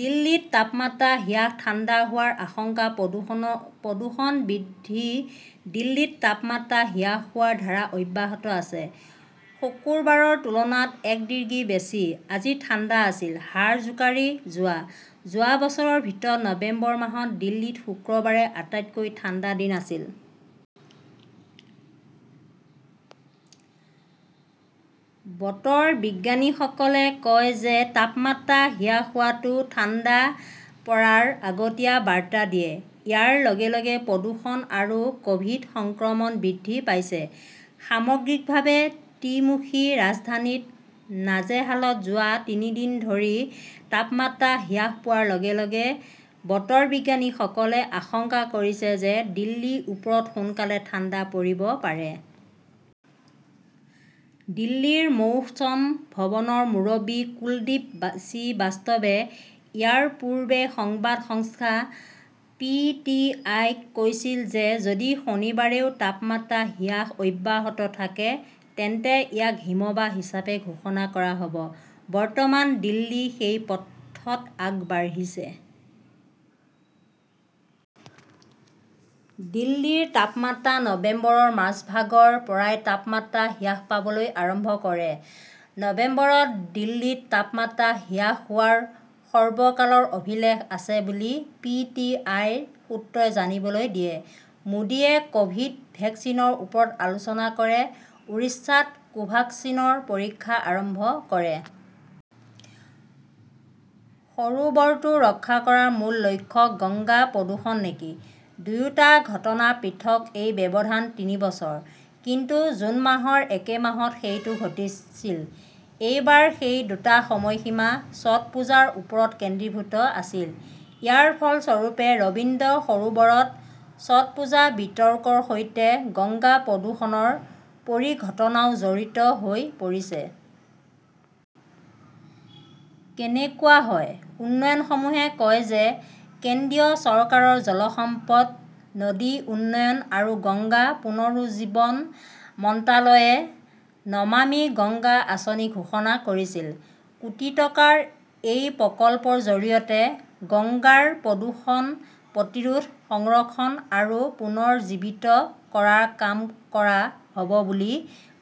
দিল্লীত তাপমাত্ৰা হিয়াস, ঠাণ্ডা হোৱাৰ আশংকা, প্ৰদূষণ বৃদ্ধি দিল্লীত তাপমাত্ৰা হিয়াস হোৱাৰ ধাৰা অব্যাহত আছে। শুকুৰবাৰৰ তুলনাত এক ডিগ্ৰী বেছি, আজি ঠাণ্ডা আছিল হাড় জোকাৰি যোৱা। যোৱা বছৰৰ ভিতৰত নৱেম্বৰ মাহত দিল্লীত শুকুৰবাৰে আটাইতকৈ ঠাণ্ডা দিন আছিল। বতৰ বিজ্ঞানীসকলে কয় যে তাপমাত্ৰা হিয়াস হোৱাটো ঠাণ্ডা পৰাৰ আগতীয়া বাৰ্তা দিয়ে। ইয়াৰ লগে লগে প্ৰদূষণ আৰু কভিড সংক্ৰমণ বৃদ্ধি পাইছে। সামগ্ৰিকভাৱে, ত্ৰিমুখী ৰাজধানীত নাজেহালত যোৱা তিনি দিন ধৰি তাপমাত্ৰা হিয়াস পোৱাৰ লগে লগে বতৰ বিজ্ঞানীসকলে আশংকা কৰিছে যে দিল্লীৰ ওপৰত সোনকালেই ঠাণ্ডা পৰিব পাৰে। দিল্লীৰ মৌসম ভৱনৰ মুৰব্বী কুলদ্বীপ শ্ৰীবাস্তৱে ইয়াৰ পূৰ্বে সংবাদ সংস্থা পি. টি. আই. -ক কৈছিল যে যদি শনিবাৰেও তাপমাত্ৰা হিয়াস অব্যাহত থাকে তেন্তে ইয়াক হিমবাহ হিচাপে ঘোষণা কৰা হ 'ব। বৰ্তমান দিল্লী সেই পথত আগবাঢ়িছে। দিল্লীৰ তাপমাত্ৰা নৱেম্বৰৰ মাজভাগৰ পৰাই তাপমাত্ৰা হিয়াস পাবলৈ আৰম্ভ কৰে। নৱেম্বৰত দিল্লীত তাপমাত্ৰা হিয়াস হোৱাৰ সৰ্বকালৰ অভিলেখ আছে বুলি পি. টি. আই. -ৰ সূত্ৰই জানিবলৈ দিয়ে। মোদীয়ে কভিড ভেকচিনৰ ওপৰত আলোচনা কৰে, উৰিষ্যাত কোভাক্সিনৰ পৰীক্ষা আৰম্ভ কৰে। সৰোবৰটো ৰক্ষা কৰাৰ মূল্য গংগা-প্ৰদূষণ নেকি? দুয়োটা ঘটনা পৃথক। এই ব্যৱধান তিনি বছৰ। কিন্তু জুন মাহৰ একে মাহত সেইটো ঘটিছিল। এইবাৰ সেই দুটা সময়সীমা ছটপূজাৰ ওপৰত কেন্দ্ৰীভূত আছিল। ইয়াৰ ফলস্বৰূপে, ৰবীন্দ্ৰ সৰোবৰত ছটপূজা বিতৰ্কৰ সৈতে গংগা প্ৰদূষণৰ পৰিঘটনাও জড়িত হৈ পৰিছে। কেনেকুৱা হয়? উন্নয়নসমূহে কয় যে কেন্দ্ৰীয় চৰকাৰৰ জল সম্পদ, নদী উন্নয়ন আৰু গংগা পুনৰুজ্জীৱন মন্ত্ৰালয়ে 'নমামি গংগা আঁচনি ঘোষণা কৰিছিল।, কোটি টকাৰ এই প্ৰকল্পৰ জৰিয়তে গংগাৰ প্ৰদূষণ প্ৰতিৰোধ, সংৰক্ষণ আৰু পুনৰুজ্জীৱিত কৰাৰ কাম কৰা হব বুলি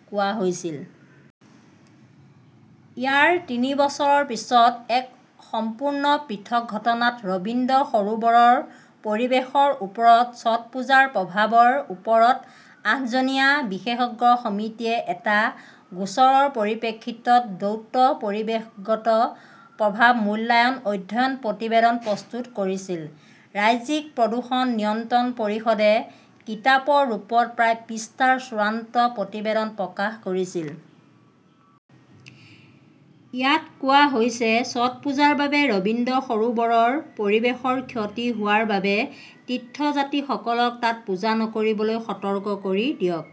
কোৱা হৈছিল। ইয়াৰ তিনি বছৰৰ পিছত, এক সম্পূৰ্ণ পৃথক ঘটনাত, ৰবীন্দ্ৰ সৰোবৰৰ পৰিৱেশৰ ওপৰত ছটপূজাৰ প্ৰভাৱৰ ওপৰত আঠজনীয়া বিশেষজ্ঞ সমিতিয়ে এটা গোচৰৰ পৰিপ্ৰেক্ষিতত দ্ৰুত 'পৰিৱেশগত প্ৰভাৱ মূল্যায়ন অধ্যয়ন প্ৰতিবেদন' প্ৰস্তুত কৰিছিল। ৰাজ্যিক প্ৰদূষণ নিয়ন্ত্ৰণ পৰিষদে কিতাপৰ ৰূপত প্ৰায় পৃষ্ঠাৰ চূড়ান্ত প্ৰতিবেদন প্ৰকাশ কৰিছিল। ইয়াত কোৱা হৈছে-ছটপূজাৰ বাবে ৰবীন্দ্ৰ সৰোবৰৰ পৰিৱেশৰ ক্ষতি হোৱাৰ বাবে তীৰ্থযাত্ৰীসকলক তাত পূজা নকৰিবলৈ সতৰ্ক কৰি দিয়ক।